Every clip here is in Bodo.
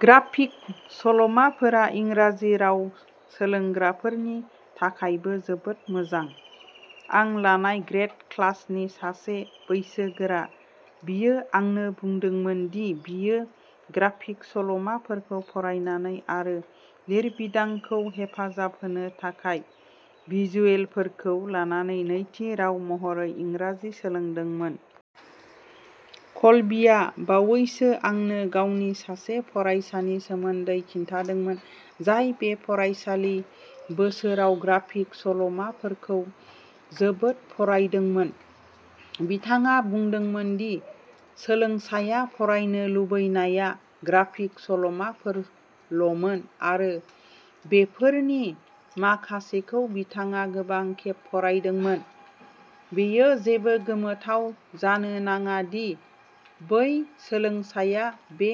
ग्राफिक सल'माफोरा इंराजि राव सोलोंग्राफोरनि थाखायबो जोबोद मोजां। आं लानाय ग्रेद क्लासनि सासे बैसोगोरा, बियो आंनो बुंदोंमोन दि बियो ग्राफिक सल'माफोरखौ फरायनानै आरो लिरबिदांखौ हेफाजाब होनो थाखाय भिजुएलफोरखौ लानानै नैथि राव महरै इंराजि सोलोंदोंमोन। कलबीआ बावैसो आंनो गावनि सासे फरायसानि सोमोन्दै खिन्थादोंमोन जाय बे फरायसालि बोसोराव ग्राफिक सल'माफोरखौ जोबोद फरायदोंमोन। बिथाङा बुंदोंमोन दि सोलोंसाया फरायनो लुबैनाया ग्राफिक सल'माफोरल'मोन आरो बेफोरनि माखासेखौ बिथाङा गोबां खेब फरायदोंमोन। बेयो जेबो गोमोथाव जानो नाङा दि बै सोलोंसाया बे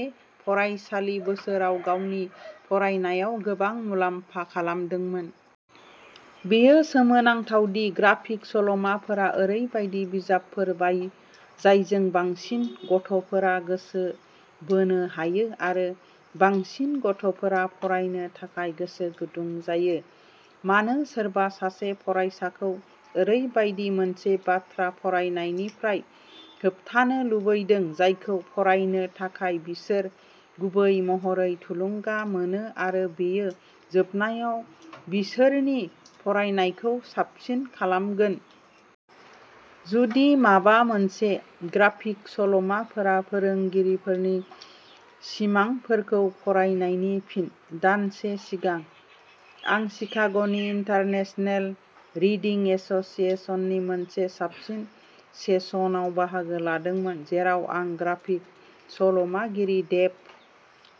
फरायसालि बोसोराव गावनि फरायनायाव गोबां मुलाम्फा खालामदोंमोन। बेयो सोमोनांथाव दि ग्राफिक सल'माफोरा ओरैबायदि बिजाबफोर जायजों बांसिन गथ'फोरा गोसो बोनो हायो आरो बांसिन गथ'फोरा फरायनो थाखाय गोसो गुदुं जायो। मानो सोरबा सासे फरायसाखौ ओरैबायदि मोनसे बाथ्रा फरायनायनिफ्राय होबथानो लुबैदों जायखौ फरायनो थाखाय बिसोर गुबै महरै थुलुंगा मोनो आरो बेयो जोबनायाव बिसोरनि फरायनायखौ साबसिन खालामगोन? जुदि माबा मोनसे, ग्राफिक सल'माफोरा फोरोंगिरिफोरनि सिमांफोरखौ फरायनायनि फिन। दानसे सिगां, आं शिकाग'नि इन्टारनेशनेल रिडिं एस'सिएशननि मोनसे साबसिन सेसनाव बाहागो लादोंमोन, जेराव आं ग्राफिक सल'मागिरि डेभ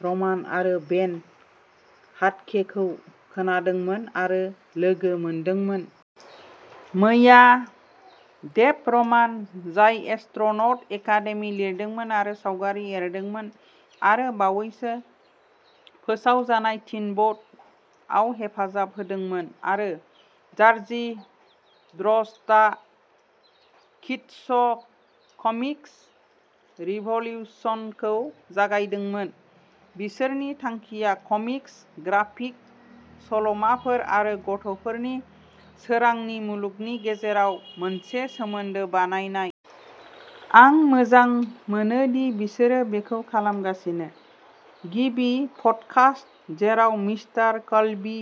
रमान आरो बेन हाटकेखौ खोनादोंमोन आरो लोगो मोनदोंमोन। मैया, डेभ रमान, जाय एस्ट्र'नट एकादेमि लिरदोंमोन आरो सावगारि एरदोंमोन आरो बावैसो फोसावजानाय टिन बोट! आव हेफाजाब होदोंमोन, आरो जार्जी ड्र'ज्डआ किड्स'कमिक्स रिभ'लिउसनखौ जागायदोंमोन। बिसोरनि थांखिया कमिक्स, ग्राफिक सल'माफोर आरो गथ'फोरनि सोरांनि मुलुगनि गेजेराव मोनसे सोमोन्दो बानायनाय। आं मोजां मोनो दि बिसोरो बेखौ खालामगासिनो! गिबि पडकास्ट, जेराव मिस्टार कल्बी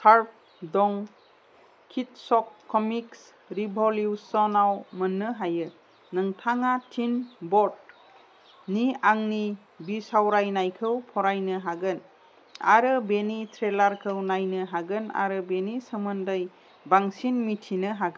शार्प दं, किड्स'कमिक्स रिभ'लिउसनआव मोन्नो हायो। नोंथाङा टिन बोट! नि आंनि बिसावरायनायखौ फरायनो हागोन! आरो बेनि ट्रेलारखौ नायनो हागोन आरो बेनि सोमोन्दै बांसिन मिथिनो हागोन।